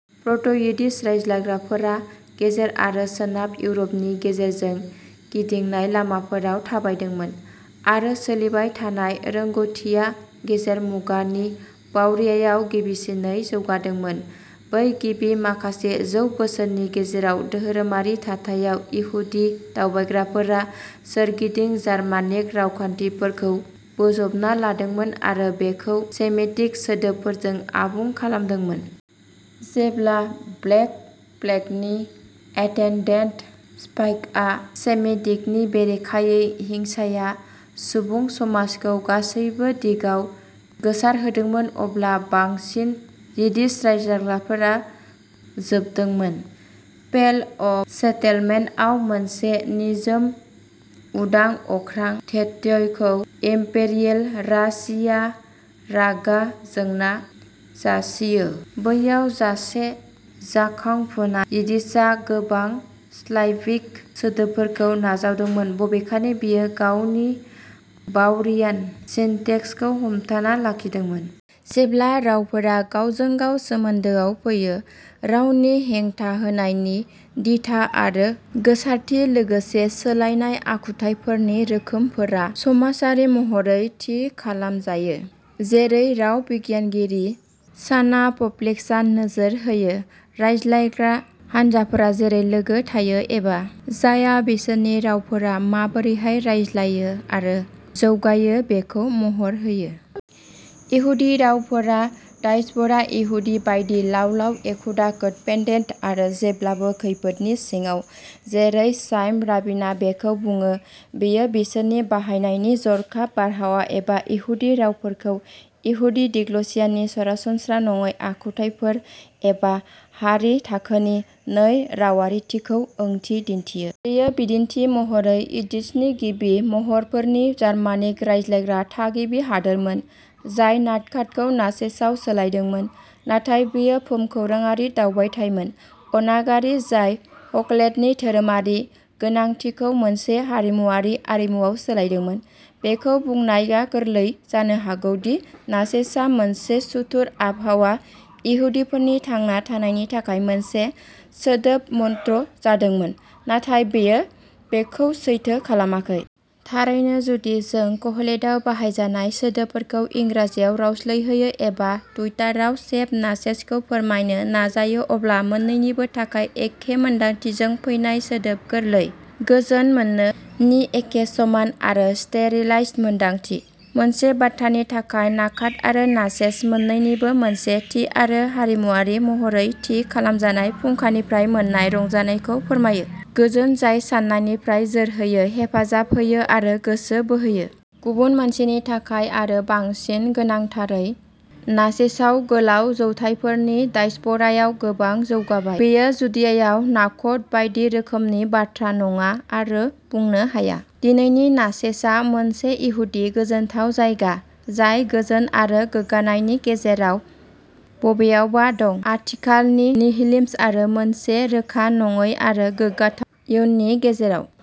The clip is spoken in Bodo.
प्र'ट'- यिडिश रायज्लायग्राफोरा गेजेर आरो सोनाब इउर'पनि गेजेरजों गिदिंनाय लामाफोराव थाबायदोंमोन, आरो सोलिबाय थानाय रोंग'थिआ गेजेर मुगानि बावेरियायाव गिबिसिनै जौगादोंमोन। बै गिबि माखासे जौ बोसोरफोरनि गेजेर-धोरोमारि थाथायाव, इहुदि दावबायग्राफोरा सोरगिदिं जार्मानिक रावखान्थिखौ बोजबना लादोंमोन आरो बेखौ सेमिटिक सोदोबफोरजों आबुं खालामदोंमोन। जेब्ला ब्लेक प्लेगनि एटेन्डेन्ट स्पाइकआ सेमिटिकनि बेरेखायै हिंसाया सुबुं समाजखौ गासैबो दिगाव गोसारहोदोंमोन, अब्ला बांसिन यिडिश रायज्लायगिरिफोरा जोबदोंमोन। "पेल अफ सेटलमेन्ट" आव, मोनसे निजोम, उदां-अख्रां घेट्ट'जायखौ इम्पेरियेल रासिया रागा जोंना जासियो। बैयाव, सासे जाखांफुनाय यिद्दिशआ गोबां स्लाविक सोदोबफोरखौ नाजावदोंमोन, बबेखानि बेयो गावनि बावेरियान सिनटेक्सखौ हमथाना लाखिदोंमोन। जेब्ला रावफोरा गावजों गाव सोमोन्दोआव फैयो, "रावारि हेंथा होनायनि दिथा आरो गोसारथि, लोगोसे सोलायनाय आखुथायफोरनि रोखोमफोरा समाजारि महरै थि खालामजायो", जेरै राव बिगियानगिरि शाना प'प्लेकआ नोजोर होयो; रायज्लायग्रा हानजाफोरा जेरै लोगो-थायो-एबा जाया-बिसोरनि रावफोरा माबोरै रायज्लायो आरो जौगायो बेखौ महर होयो। इहुदि रावफोरा डायस्प'रा इहुदिफोर बायदिः लावलाव, एखुथा, कोडपेन्डेन्ट, आरो जेब्लाबो खैफोदनि सिङाव। जेरै चाइम राबिनआ बेखौ बुङो, बेयो बिसोरनि बाहायनायनि "जर'खा बारहावा" जाय इहुदि रावफोरखौ, इहुदि डिग्ल'सियानि सरासनस्रा नङै आखुथायफोर, एबा हारि-थाखोनि नै-रावारिथिखौ ओंथि दिन्थियो। बेयो बिदिन्थि महरै, यिद्दिशनि गिबि महरफोरनि जार्मानिक रायज्लायग्रा थागिबि हादोरमोन, जाय नाखातखौ नाचेसआव सोलायदोंमोन। नाथाय बेयो भुमखौराङारि दावबायथायमोन अनागारि, जाय क'हेलेटनि धोरोमारि गोनांथिखौ मोनसे हारिमुआरि आरिमुवाव सोलायदोंमोन। बेखौ बुंनाया गोरलै जानो हागौ दि नाचेसआ मोनसे सुथुर आबहावायाव इहुदिफोरनि थांना थानायनि थाखाय मोनसे सोदोब मन्त्र जादोंमोन, नाथाय बेयो बेखौ सैथो खालामाखै। थारैनो, जुदि जों क'हेलेटआ बाहायजानाय सोदोबखौ इंराजियाव रावस्लायहोयो-एबा टुइटाराव शेप नाचेसखौ फोरमायनो नाजायो-अब्ला मोन्नैनिबो थाखाय एखे मोन्दांथिजों फैनाया जोबोद गोरलै, "गोजोन मोननो" नि एखे समान आरो स्टेरिलाइज्ड मोनदांथि। मोनसे बाथ्रानि थाखाय, नाखट आरो नाचेस मोन्नैबो मोनसे थि आरो हारिमुआरि महरै थि खालामजानाय फुंखानिफ्राय मोन्नाय रंजानायखौ फोरमायोः गोजोन जाय सानायनिफ्राय जोरहोयो, हेफाजाब होयो, आरो गोसो बोहोयो। गुबुन मोनसेनि थाखाय, आरो बांसिन गोनांथारै, नाचेसआ गोलाव जौथायफोरनि डायस्प'रायाव गोबां जौगाबाय; बेयो जुडियायाव नाखट बायदि रोखोमसे बाथ्रा नङा, आरो बुंनो हाया। दिनैनि नाचेसआ मोनसे इहुदि गोजोनथाव जायगा, जाय गोजोन आरो गोग्गानि गेजेराव बबेयावबा दं, आथिखालनि निहिलिज्म आरो मोनसे रोखा नङै आरो गोग्गाथाव इयुननि गेजेराव।